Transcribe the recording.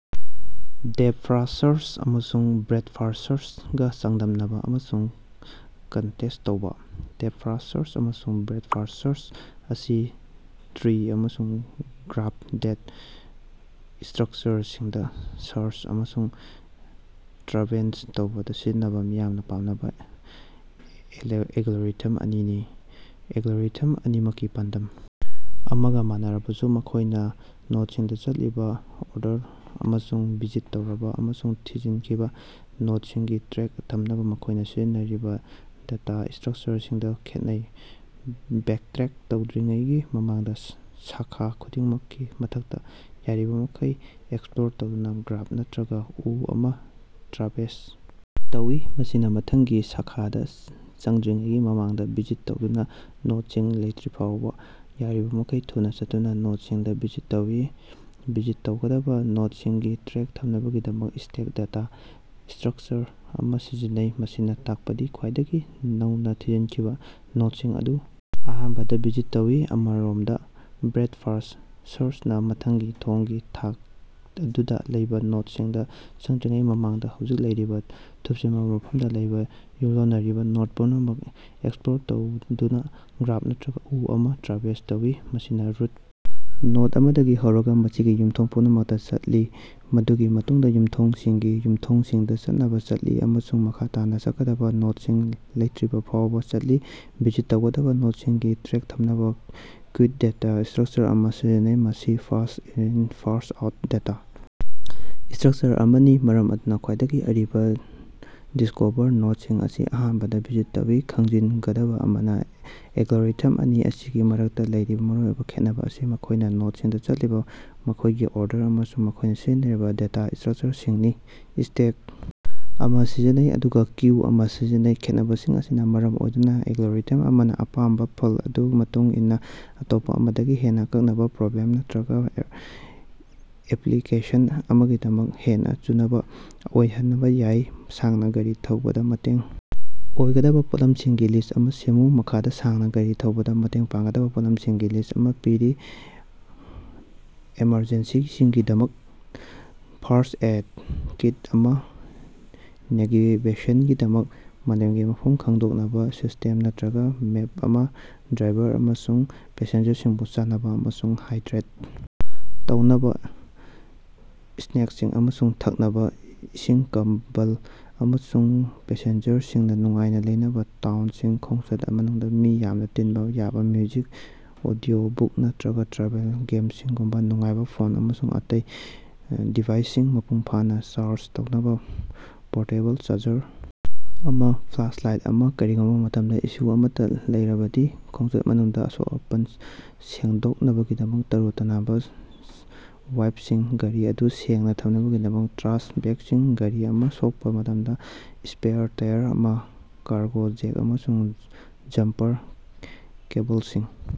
Depth-first search ꯑꯃꯁꯨꯡ breadth first search ꯒ ꯆꯥꯡꯗꯝꯅꯕ ꯑꯃꯁꯨꯡ ꯀꯟꯠꯔꯁ꯭ꯠ ꯇꯧꯕ꯫ ꯗꯦꯄꯊ-ꯐꯥꯔꯁ꯭ꯠ ꯁꯥꯔꯆ ꯑꯃꯁꯨꯡ ꯕ꯭ꯔꯦꯗ-ꯐꯥꯔꯁ꯭ꯠ ꯁꯔꯆ ꯑꯁꯤ ꯇ꯭ꯔꯤ ꯑꯃꯁꯨꯡ ꯒ꯭ꯔꯥꯐ ꯗꯦꯇ ꯁ꯭ꯠꯔꯀꯆꯔꯁꯤꯡꯗ ꯁꯥꯔꯆ ꯑꯃꯁꯨꯡ ꯇ꯭ꯔꯥꯚꯦꯔꯁ ꯇꯧꯕꯗ ꯁꯤꯖꯤꯟꯅꯕ ꯃꯤꯌꯥꯝꯅ ꯄꯥꯝꯅꯕ ꯑꯦꯂꯒꯣꯔꯤꯊꯝ ꯑꯅꯤꯅꯤ꯫ ꯑꯦꯂꯒꯣꯔꯤꯊꯝ ꯑꯅꯤꯃꯛꯀꯤ ꯄꯥꯟꯗꯝ ꯑꯃꯒ ꯃꯥꯟꯅꯔꯕꯁꯨ ꯃꯈꯣꯏꯅ ꯅꯣꯗꯁꯤꯡꯗ ꯆꯠꯂꯤꯕ ꯑꯣꯔꯗꯔ ꯑꯃꯁꯨꯡ ꯚꯤꯖꯤꯠ ꯇꯧꯔꯕ ꯑꯃꯁꯨꯡ ꯊꯤꯖꯤꯅꯈꯤꯕ ꯅꯣꯗꯁꯤꯡꯒꯤ ꯇ꯭ꯔꯦꯛ ꯊꯝꯅꯕ ꯃꯈꯣꯏꯅ ꯁꯤꯖꯤꯟꯅꯔꯤꯕ ꯗꯦꯇ ꯁ꯭ꯠꯔꯀꯆꯔꯁꯤꯡꯗ ꯈꯦꯠꯅꯩ꯫ ꯕꯦꯛꯇꯔꯦꯛ ꯇꯧꯗ꯭ꯔꯤꯉꯩꯒꯤ ꯃꯃꯥꯡꯗ ꯁꯥꯈꯥ ꯈꯨꯗꯤꯡꯃꯛꯀꯤ ꯃꯊꯛꯇ ꯌꯥꯔꯤꯕꯃꯈꯩ ꯑꯦꯛꯁꯞꯂꯣꯔ ꯇꯧꯗꯨꯅ ꯒ꯭ꯔꯥꯐ ꯅꯠꯇꯔꯒ ꯎ ꯑꯃ ꯇ꯭ꯔꯥꯚꯦꯁ ꯇꯧꯏ꯫ ꯃꯁꯤꯅ ꯃꯊꯪꯒꯤ ꯁꯥꯈꯗ ꯆꯪꯗ꯭ꯔꯤꯉꯩꯒꯤ ꯃꯃꯥꯡꯗ ꯚꯤꯖꯤꯠ ꯇꯧꯗꯕ ꯅꯣꯗꯁꯤꯡ ꯂꯩꯇꯔꯤꯐꯥꯎꯕ ꯌꯥꯔꯤꯕꯃꯈꯩ ꯊꯨꯅ ꯆꯠꯇꯨꯅ ꯅꯣꯗꯁꯤꯡꯗ ꯚꯤꯖꯤꯠ ꯇꯧꯏ꯫ ꯚꯤꯖꯤꯠ ꯇꯧꯒꯗꯕ ꯅꯣꯗꯁꯤꯡꯒꯤ ꯇ꯭ꯔꯦꯛ ꯊꯝꯅꯕꯒꯤꯗꯃꯛ ꯁ꯭ꯇꯦꯛ ꯗꯦꯇꯥ ꯁ꯭ꯠꯔꯛꯆꯔ ꯑꯃ ꯁꯤꯖꯤꯟꯅꯩ꯫ ꯃꯁꯤꯅ ꯇꯥꯛꯄꯗꯤ ꯈ꯭ꯋꯥꯏꯗꯒꯤ ꯅꯧꯅ ꯊꯤꯖꯤꯅꯈꯤꯕ ꯅꯣꯗꯁꯤꯡ ꯑꯗꯨ ꯑꯍꯥꯟꯕꯗ ꯚꯤꯖꯤꯠ ꯇꯧꯏ꯫ ꯑꯃꯔꯣꯝꯗ ꯕ꯭ꯔꯦꯗ-ꯐꯥꯔꯁ꯭ꯠ ꯁꯔꯆ ꯅꯥ ꯃꯊꯪꯒꯤ ꯊꯣꯡꯒꯤ ꯊꯥꯛ ꯑꯗꯨꯗ ꯂꯩꯕꯥ ꯅꯣꯗꯁꯤꯡꯗ ꯆꯪꯗ꯭ꯔꯤꯉꯩꯒꯤ ꯃꯃꯥꯡꯗ ꯍꯧꯖꯤꯛ ꯂꯩꯔꯤꯕ ꯊꯨꯞꯆꯤꯟꯕ ꯃꯐꯝꯗ ꯂꯩꯕ ꯌꯨꯝꯂꯣꯟꯅꯔꯤꯕ ꯅꯣꯗ ꯄꯨꯝꯅꯃꯛ ꯑꯦꯛꯁꯞꯂꯣꯔ ꯇꯧꯗꯨꯅ ꯒ꯭ꯔꯥꯐ ꯅꯠꯇꯔꯒ ꯎ ꯑꯃ ꯇ꯭ꯔꯥꯚꯦꯁ ꯇꯧꯏ꯫ ꯃꯁꯤꯅ ꯔꯨꯠ ꯅꯣꯗ ꯑꯃꯗꯒꯤ ꯍꯧꯔꯒ ꯃꯁꯤꯒꯤ ꯌꯨꯝꯊꯣꯡ ꯄꯨꯝꯅꯃꯛꯇ ꯆꯠꯂꯤ꯫ꯃꯗꯨꯒꯤ ꯃꯇꯨꯡꯗ ꯌꯨꯝꯊꯣꯡꯁꯤꯡꯒꯤ ꯌꯨꯝꯊꯣꯡꯁꯤꯡꯗ ꯆꯠꯅꯕ ꯆꯠꯂꯤ ꯑꯃꯁꯨꯡ ꯃꯈꯥ ꯇꯥꯅ ꯆꯠꯀꯗꯕ ꯅꯣꯗꯁꯤꯡ ꯂꯩꯠꯔꯤꯐꯥꯎꯕ ꯆꯠꯂꯤ꯫ ꯚꯤꯖꯤꯠ ꯇꯧꯒꯗꯕ ꯅꯣꯗꯁꯤꯡꯒꯤ ꯇ꯭ꯔꯦꯛ ꯊꯝꯅꯕ ꯀ꯭ꯌꯨ ꯗꯦꯇ ꯁ꯭ꯠꯔꯀꯆꯔ ꯑꯃ ꯁꯤꯖꯤꯟꯅꯩ꯫ ꯃꯁꯤ ꯐꯥꯔꯁ꯭ꯠ-ꯏꯟ ꯐꯥꯔꯁ꯭ꯠ-ꯑꯥꯎꯠ ꯗꯦꯇꯥ ꯁ꯭ꯠꯔꯀꯆꯔ ꯑꯃꯅꯤ ꯃꯔꯝ ꯑꯗꯨꯅ ꯈ꯭ꯋꯥꯏꯗꯒꯤ ꯑꯔꯤꯕꯥ ꯗꯤꯁ꯭ꯀꯣꯚꯔ ꯅꯣꯗꯁꯤꯡ ꯑꯁꯤ ꯑꯍꯥꯟꯕꯗ ꯚꯤꯖꯤꯠ ꯇꯧꯏ꯫ ꯈꯪꯖꯤꯟꯒꯗꯕ ꯑꯃꯅ ꯑꯦꯂꯒꯣꯔꯤꯊꯝ ꯑꯅꯤ ꯑꯁꯤꯒꯤ ꯃꯔꯛꯇ ꯂꯩꯔꯤꯕ ꯃꯔꯨꯑꯣꯏꯕ ꯈꯦꯠꯅꯕ ꯑꯁꯤ ꯃꯈꯣꯏꯅ ꯅꯣꯗꯁꯤꯡꯗ ꯆꯠꯂꯤꯕ ꯃꯈꯣꯏꯒꯤ ꯑꯣꯔꯗꯔ ꯑꯃꯁꯨꯡ ꯃꯈꯣꯏꯅ ꯁꯤꯖꯤꯟꯅꯔꯤꯕ ꯗꯦꯇ ꯁ꯭ꯠꯔꯀꯆꯔꯁꯤꯡꯅꯤ꯫ ꯁ꯭ꯇꯦꯛ ꯑꯃ ꯁꯤꯖꯤꯟꯅꯩ ꯑꯗꯨꯒ ꯀ꯭ꯌꯨ ꯑꯃ ꯁꯤꯖꯤꯟꯅꯩ꯫ ꯈꯦꯠꯅꯕꯁꯤꯡ ꯑꯁꯤꯅ ꯃꯔꯝ ꯑꯣꯏꯗꯨꯅ ꯑꯦꯂꯒꯣꯔꯤꯊꯝ ꯑꯃꯅ ꯑꯄꯥꯝꯕ ꯐꯜ ꯑꯗꯨꯒꯤ ꯃꯇꯨꯡ ꯏꯟꯅ ꯑꯇꯣꯞꯄ ꯑꯃꯗꯒꯤ ꯍꯦꯟꯅ ꯑꯀꯛꯅꯕ ꯄ꯭ꯔꯣꯕ꯭ꯂꯦꯝ ꯅꯠꯇꯔꯒ ꯑꯦꯞꯂꯤꯀꯦꯁꯟ ꯑꯃꯒꯤꯗꯃꯛ ꯍꯦꯟꯅ ꯆꯨꯅꯕ ꯑꯣꯏꯍꯟꯕ ꯌꯥꯏ꯫ ꯁꯥꯡꯅ ꯒꯥꯔꯤ ꯊꯧꯕꯗ ꯃꯇꯦꯡ ꯑꯣꯏꯒꯗꯕ ꯄꯣꯠꯂꯝꯁꯤꯡꯒꯤ ꯂꯤꯁ꯭ꯠ ꯑꯃ ꯁꯦꯝꯃꯨ꯫ ꯃꯈꯥꯗ ꯁꯥꯡꯅ ꯒꯥꯔꯤ ꯊꯧꯕꯗ ꯃꯇꯦꯡ ꯄꯥꯡꯒꯗꯕ ꯄꯣꯠꯂꯝꯁꯤꯡꯒꯤ ꯂꯤꯁ꯭ꯠ ꯑꯃ ꯄꯤꯔꯤ ꯑꯦꯃꯔꯖꯦꯟꯁꯤꯁꯤꯡꯒꯤꯗꯃꯛꯇ ꯐꯥꯔꯁ꯭ꯠ ꯑꯦꯏꯗ ꯀꯤꯠ ꯑꯃ ꯅꯦꯚꯤꯒꯦꯁꯟꯒꯤꯗꯃꯛꯇ ꯃꯥꯂꯦꯝꯒꯤ ꯃꯐꯝ-ꯈꯪꯗꯣꯛꯅꯕ ꯁꯤꯁ꯭ꯇꯦꯝ ꯅꯠꯇꯔꯒ ꯃꯦꯞ ꯑꯃ ꯗ꯭ꯔꯥꯏꯚꯔ ꯑꯃꯁꯨꯡ ꯄꯦꯁꯦꯟꯖꯔꯁꯤꯡꯕꯨ ꯆꯥꯅꯕ ꯑꯃꯁꯨꯡ ꯍꯥꯏꯗ꯭ꯔꯦꯠ ꯇꯧꯅꯕ ꯁ꯭ꯅꯦꯀꯁꯤꯡ ꯑꯃꯁꯨꯡ ꯊꯛꯅꯕ ꯏꯁꯤꯡ ꯀꯝꯕꯜ ꯑꯃꯁꯨꯡꯄꯦꯁꯦꯟꯖꯔꯁꯤꯡꯅ ꯅꯨꯡꯉꯥꯏꯅ ꯂꯩꯅꯕ ꯇꯥꯎꯅꯁꯤꯡ ꯈꯣꯡꯆꯠ ꯃꯅꯨꯡꯗ ꯃꯤ ꯌꯥꯝꯅ ꯇꯤꯅꯕ ꯌꯥꯕ ꯃ꯭ꯌꯨꯖꯤꯛ, ꯑꯣꯗꯤꯑꯣ ꯕꯨꯛ ꯅꯠꯇꯔꯒ ꯇ꯭ꯔꯥꯚꯦꯜ ꯒꯦꯝꯁꯤꯡꯒꯨꯝꯕ ꯅꯨꯡꯉꯥꯏꯕ ꯐꯣꯟ ꯑꯃꯁꯨꯡ ꯑꯇꯩ ꯗꯤꯚꯥꯏꯁꯁꯤꯡ ꯃꯄꯨꯡ ꯐꯥꯅ ꯆꯥꯔꯖ ꯇꯧꯅꯕ ꯄꯣꯔꯇꯦꯕꯜ ꯆꯥꯔꯖꯔ ꯑꯃ ꯐ꯭ꯂꯥꯁꯂꯥꯏꯠ ꯑꯃ ꯀꯔꯤꯒꯨꯝꯕ ꯃꯇꯝꯗ ꯏꯁꯨ ꯑꯃꯠꯇ ꯂꯩꯔꯕꯗꯤ꯫ ꯈꯣꯡꯆꯠ ꯃꯅꯨꯡꯗ ꯑꯁꯣꯛ-ꯑꯄꯟ ꯁꯦꯡꯗꯣꯛꯅꯕꯒꯤꯗꯃꯛ ꯇꯔꯨ-ꯇꯅꯥꯟꯕ ꯋꯥꯏꯄꯁꯤꯡ ꯒꯥꯔꯤ ꯑꯗꯨ ꯁꯦꯡꯅ ꯊꯝꯅꯕꯒꯤꯗꯃꯛ ꯇ꯭ꯔꯥꯁ ꯕꯦꯒꯁꯤꯡ ꯒꯥꯔꯤ ꯑꯃ ꯁꯣꯛꯄ ꯃꯇꯝꯗ ꯁ꯭ꯄꯦꯌꯥꯔ ꯇꯌꯥꯔ ꯑꯃ ꯀꯥꯔꯒꯣ ꯖꯦꯛ ꯑꯃꯁꯨꯡ ꯖꯝꯄꯥꯔ ꯀꯦꯕꯂꯁꯤꯡ꯫